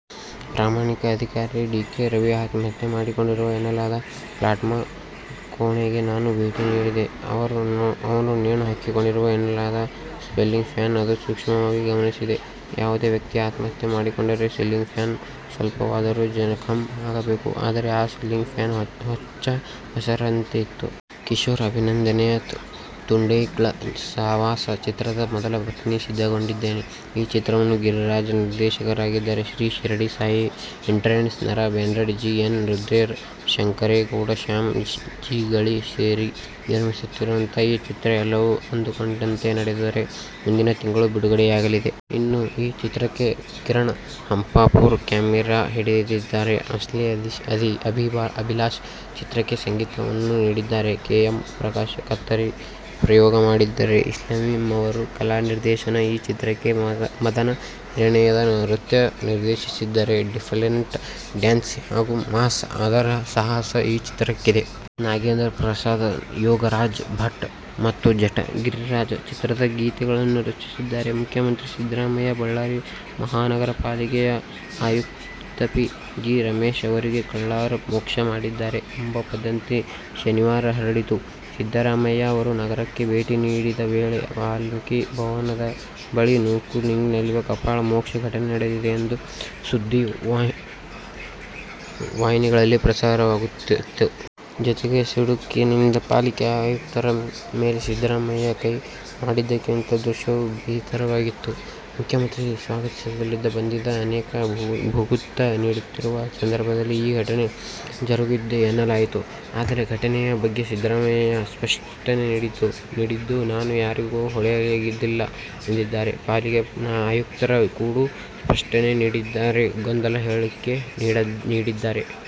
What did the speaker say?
ಪ್ರಾಮಾಣಿಕ ಅಧಿಕಾರಿ D. K. Ravi ಆತ್ಮಹತ್ಯೆ ಮಾಡಿಕೊಂಡರು ಎನ್ನಲಾದ ಫ್ಲ್ಯಾಟ್ನ ಕೋಣೆಗೆ ನಾನು ಭೇಟಿ ನೀಡಿದ್ದೆ. ಅವರು ನೇಣು ಹಾಕಿಕೊಂಡರು ಎನ್ನಲಾದ ಸೀಲಿಂಗ್ ಫ್ಯಾನ್ ಅನ್ನು ಸೂಕ್ಷ್ಮವಾಗಿ ಗಮನಿಸಿದೆ. ಯಾವುದೇ ವ್ಯಕ್ತಿ ಆತ್ಮಹತ್ಯೆ ಮಾಡಿಕೊಂಡರೆ ಸಿಲಿಂಗ್ ಫ್ಯಾನ್ ಸ್ವಲ್ಪವಾದರೂ ಜಖಂ ಆಗಬೇಕು. ಆದರೆ ಆ ಸೀಲಿಂಗ್ ಫ್ಯಾನ್ ಹೊಚ್ಚ ಹೊಸತರಂತೆ ಇತ್ತು. ಕಿಶೋರ್ ಅಭಿನಯದ "ತುಂಡ್ಹೈಕ್ಳ ಸಾವಾಸ' ಚಿತ್ರದ ಮೊದಲ ಪ್ರತಿ ಸಿದ್ಧಗೊಂಡಿದೆ. ಈ ಚಿತ್ರವನ್ನು ಗಿರಿರಾಜ್ ನಿರ್ದೇಶಿಸಿದ್ದಾರೆ. ಶ್ರೀ ಶಿರಡಿ ಸಾಯಿ ಎಂಟರ್ಟ್ರೆ"ನರ್ ಬ್ಯಾನರ್ನಲ್ಲಿ G. N. Rudresh, M. Shankaregowda, Shyam Jigali ಸೇರಿ ನಿರ್ಮಿಸುತ್ತಿರುವ ಈ ಚಿತ್ರ ಎಲ್ಲವೂ ಅಂದುಕೊಂಡಂತೆ ನಡೆದರೆ ಮುಂದಿನ ತಿಂಗಳು ಬಿಡುಗಡೆಯಾಗಲಿದೆ. ಇನ್ನು, ಈ ಚಿತ್ರಕ್ಕೆ ಕಿರಣ್ ಹಂಪಾಪುರ ಕ್ಯಾಮೆರಾ ಹಿಡಿದಿದ್ದಾರೆ. ಆಶ್ಲೆ ಅಭಿಲಾಶ್ ಚಿತ್ರಕ್ಕೆ ಸಂಗೀತವನ್ನು ನೀಡಿದ್ದಾರೆ. ಕೆ. ಎಂ. ಪ್ರಕಾಶ್ ಕತ್ತರಿ ಪ್ರಯೋಗ ಮಾಡಿದರೆ, ಇಸ್ಮಾಯಿಲ್ ಅವರ ಕಲಾನಿರ್ದೇಶನ ಈ ಚಿತ್ರಕ್ಕಿದೆ. ಮದನ್-ಹರಿಣಿಯವ ನೃತ್ಯ ನಿರ್ದೇಶಿಸಿದರೆ, ಡಿಫರೆಂಟ್ ಡ್ಯಾನಿ ಹಾಗು ಮಾಸ್ ಮಾದ ಅವರ ಸಾಹಸ ಈ ಚಿತ್ರಕ್ಕಿದೆ. ನಾಗೇಂದ್ರ ಪ್ರಸಾದ್, ಯೋಗರಾಜ್ ಭಟ್ ಮತ್ತು ಜಟ್ಟ ಗಿರಿರಾಜ್ ಚಿತ್ರದ ಗೀತೆಗಳನ್ನು ರಚಿಸಿದ್ದಾರೆ. ಮುಖ್ಯಮಂತ್ರಿ ಸಿದ್ದರಾಮಯ್ಯ ಬಳ್ಳಾರಿ ಮಹಾನಗರ ಪಾಲಿಕೆಯ ಆಯುಕ್ತಪಿ. ಜಿ. ರಮೇಶ್ ಅವರಿಗೆ ಕಪಾಳ ಮೋಕ್ಷಾ ಮಾಡಿದ್ದಾರೆ ಎಂಬ ವದಂತಿ ಶನಿವಾರಹರಡಿತ್ತು. ಸಿದ್ದರಾಮಯ್ಯ ಅವರು ನಗರಕ್ಕೆ ಭೇಟಿ ನೀಡಿದ ವೇಳೆ ವಾಲ್ಮೀಕಿ ಭವನದಬಳಿ ನೂಕುನುಗ್ಗಲಿನಲ್ಲಿ ಕಪಾಳ ಮೋಕ್ಷ ಘಟನೆ ನಡೆದಿದೆ ಎಂದು ಸುದ್ದಿವಾಹಿನಗಳಲ್ಲಿಪ್ರಸಾರವಾಗಿತ್ತು. ಜೊತೆಗೆ ಸಿಡುಕಿನಿಂದ ಪಾಲಿಕೆ ಆಯುಕ್ತರ ಮೇಲೆ ಸಿದ್ದರಾಮಯ್ಯಕೈ ಮಾಡಿದಂತಿರುವ ದೃಶ್ಯವೂ ಬಿತ್ತರವಾಗಿತ್ತು. ಮುಖ್ಯಮಂತ್ರಿಯನ್ನು ಸ್ವಾಗತಿಸಲುಬಂದಿದ್ದ ಅನೇಕರು ಹೂಗುತ್ಛ ನೀಡುತ್ತಿರುವ ಸಂದರ್ಭದಲ್ಲಿ ಈ ಘಟನೆ ಜರುಗಿದೆಎನ್ನಲಾಗಿತ್ತು. ಆದರೆ, ಘಟನೆಯ ಬಗ್ಗೆ ಸಿದ್ದರಾಮಯ್ಯ ಸ್ಪಷ್ಟನೆ ನೀಡಿದ್ದು, ನಾನು ಯಾರಿಗೂ ಹೊಡೆದಿಲ್ಲ ಎಂದಿದ್ದಾರೆ. ಪಾಲಿಕೆ ಆಯುಕ್ತರು ಕೂಡ ಸ್ಪಷ್ಟನೆನೀಡಿದ್ದಾರಾದರೂ ಗೊಂದಲದ ಹೇಳಿಕೆ ನೀಡಿದ್ದಾರೆ.